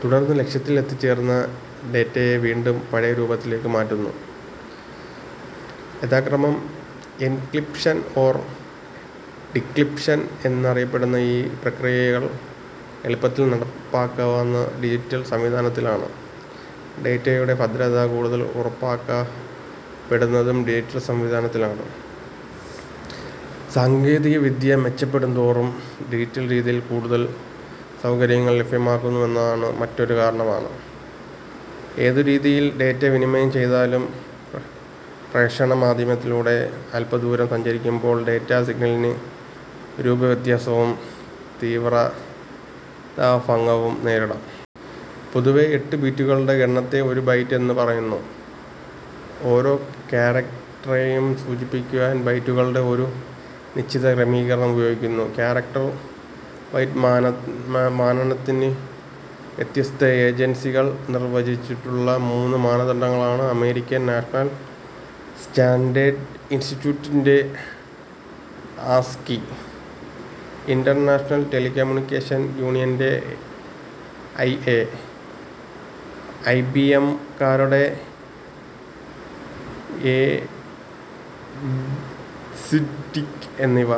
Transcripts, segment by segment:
തുടർന്ന് ലക്ഷ്യത്തിൽ എത്തിച്ചേർന്ന ഡേറ്റയെ വീണ്ടും പഴയ രൂപത്തിലേക്കു മാറ്റുന്നു. യഥാക്രമം എൻക്രിപ്ഷൻ/ഡിക്രിപ്ഷൻ എന്നറിയപ്പെടുന്ന ഈ പ്രക്രിയകൾ എളുപ്പത്തിൽ നടപ്പാക്കാവുന്നത് ഡിജിറ്റൽ സംവിധാനത്തിലാണ്. ഡേറ്റയുടെ ഭദ്രത കൂടുതൽ ഉറപ്പാക്കപ്പെടുന്നതും ഡിജിറ്റൽ സംവിധാനത്തിലാണ്. സാങ്കേതികവിദ്യ മെച്ചപ്പെടുന്തോറും ഡിജിറ്റൽ രീതിയിൽ കൂടുതൽ സൌകര്യങ്ങൾ ലഭ്യമാകുന്നുവെന്നത് മറ്റൊരു കാരണമാണ്. ഏതു രീതിയിൽ ഡേറ്റ വിനിമയം ചെയ്താലും പ്രേഷണ മാധ്യമത്തിലൂടെ അല്പദൂരം സഞ്ചരിക്കുമ്പോൾ ഡേറ്റാ സിഗ്നലിന് രൂപവ്യത്യാസവും തീവ്രതാഭംഗവും നേരിടാം. പൊതുവേ എട്ടു ബിറ്റുകളുടെ ഗണത്തെ ഒരു ബൈറ്റ് എന്നു പറയുന്നു. ഓരോ ക്യാരക് റ്ററേയും സൂചിപ്പിക്കാൻ ബൈറ്റുകളുടെ ഒരു നിശ്ചിത ക്രമീകരണം ഉപയോഗിക്കുന്നു. ക്യാരക് റ്റർ ബൈറ്റ് മാനന മാനനത്തിന്, വ്യത്യസ്ത ഏജൻസികൾ നിർവചിച്ചിട്ടുള്ള മൂന്നു മാനദണ്ഡങ്ങളാണ് അമേരിക്കൻ നാഷണൽ സ്റ്റാൻഡേഡ് ഇൻസ്റ്റിറ്റ്യൂട്ടിന്റെ ആസ്കി, ഇന്റർനാഷണൽ ടെലിക്കമ്യൂണിക്കേഷൻ യൂണിയന്റെ ഐഎ, ഐബിഎം കാരുടെ എബ്സിഡിക് എന്നിവ.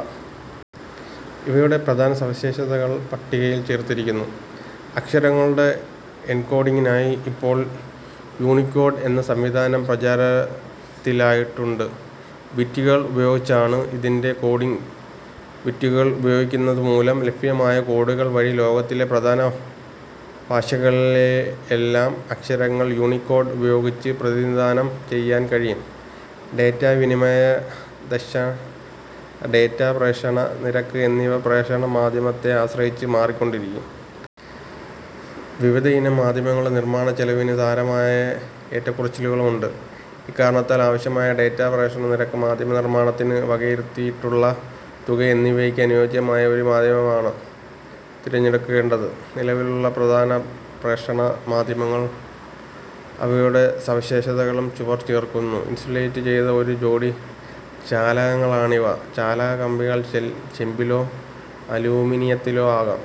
ഇവയുടെ പ്രധാന സവിശേഷതകൾ പട്ടികയിൽ ചേർത്തിരിക്കുന്നു. അക്ഷരങ്ങളുടെ എൻകോഡിങ്ങിനായി ഇപ്പോൾ യൂണികോഡ് എന്ന സംവിധാനം പ്രചാരത്തിലായിട്ടുണ്ട്. ബിറ്റുകൾ ഉപയോഗിച്ചാണ് ഇതിന്റെ കോഡിങ്. ബിറ്റുകൾ ഉപയോഗിക്കുന്നതുമൂലം ലഭ്യമായ കോഡുകൾ വഴി ലോകത്തിലെ പ്രധാന ഭാഷകളിലെയെല്ലാം അക്ഷരങ്ങൾ യൂണികോഡ് ഉപയോഗിച്ച് പ്രതിനിധാനം ചെയ്യാൻ കഴിയും. ഡേറ്റാ വിനിമയ ദക്ഷത, ഡേറ്റാ പ്രേഷണ നിരക്ക് എന്നിവ പ്രേഷണ മാധ്യമത്തെ ആശ്രയിച്ച് മാറിക്കൊണ്ടിരിക്കും. വിവിധയിനം മാധ്യമങ്ങളുടെ നിർമ്മാണച്ചെലവിന് സാരമായ ഏറ്റക്കുറച്ചിലുകളുണ്ട്. ഇക്കാരണത്താൽ ആവശ്യമായ ഡേറ്റാ പ്രേഷണ നിരക്ക്, മാധ്യമ നിർമ്മാണത്തിനു വകയിരുത്തിയിട്ടുള്ള തുക എന്നിവയ്ക്ക് അനുയോജ്യമായ ഒരു മാധ്യമമാണ് തിരഞ്ഞെടുക്കേണ്ടത്. നിലവിലുള്ള പ്രധാന പ്രേഷണ മാധ്യമങ്ങളും അവയുടെ സവിശേഷതകളും ചുവടെ ചേർക്കുന്നു. ഇൻസുലേറ്റ് ചെയ്ത ഒരു ജോഡി ചാലകങ്ങളാണിവ. ചാലക കമ്പികൾ ചെമ്പിലോ അലൂമിനിയത്തിലോ ആകാം.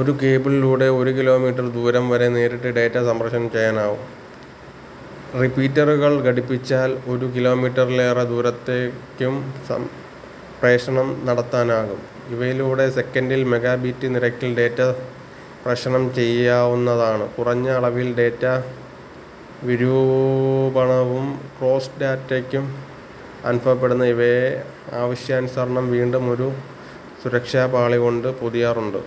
ഒരു കേബിളിലൂടെ ഒരു കി. മീ. ദൂരം വരെ നേരിട്ട് ഡേറ്റാ സംപ്രേഷണം ചെയ്യാനാകും. റിപ്പീറ്ററുകൾ ഘടിപ്പിച്ചാൽ ഒരു കി. മീ. -ലേറെ ദൂരത്തേക്കും പ്രേഷണം നടത്താനാകും. ഇവയിലൂടെ സെക്കൻഡിൽ മെഗാബിറ്റ് നിരക്കിൽ ഡേറ്റ പ്രേഷണം ചെയ്യാ വുന്നതാണ്. കുറഞ്ഞ അളവിൽ ഡേറ്റാ വിരൂപണവും ക്രോസ് ഡാറ്റക്കും അനുഭവപ്പെടുന്ന ഇവയെ ആവശ്യാനുസരണം വീണ്ടും ഒരു സുരക്ഷാപാളികൊണ്ടു പൊതിയാറുണ്ട്.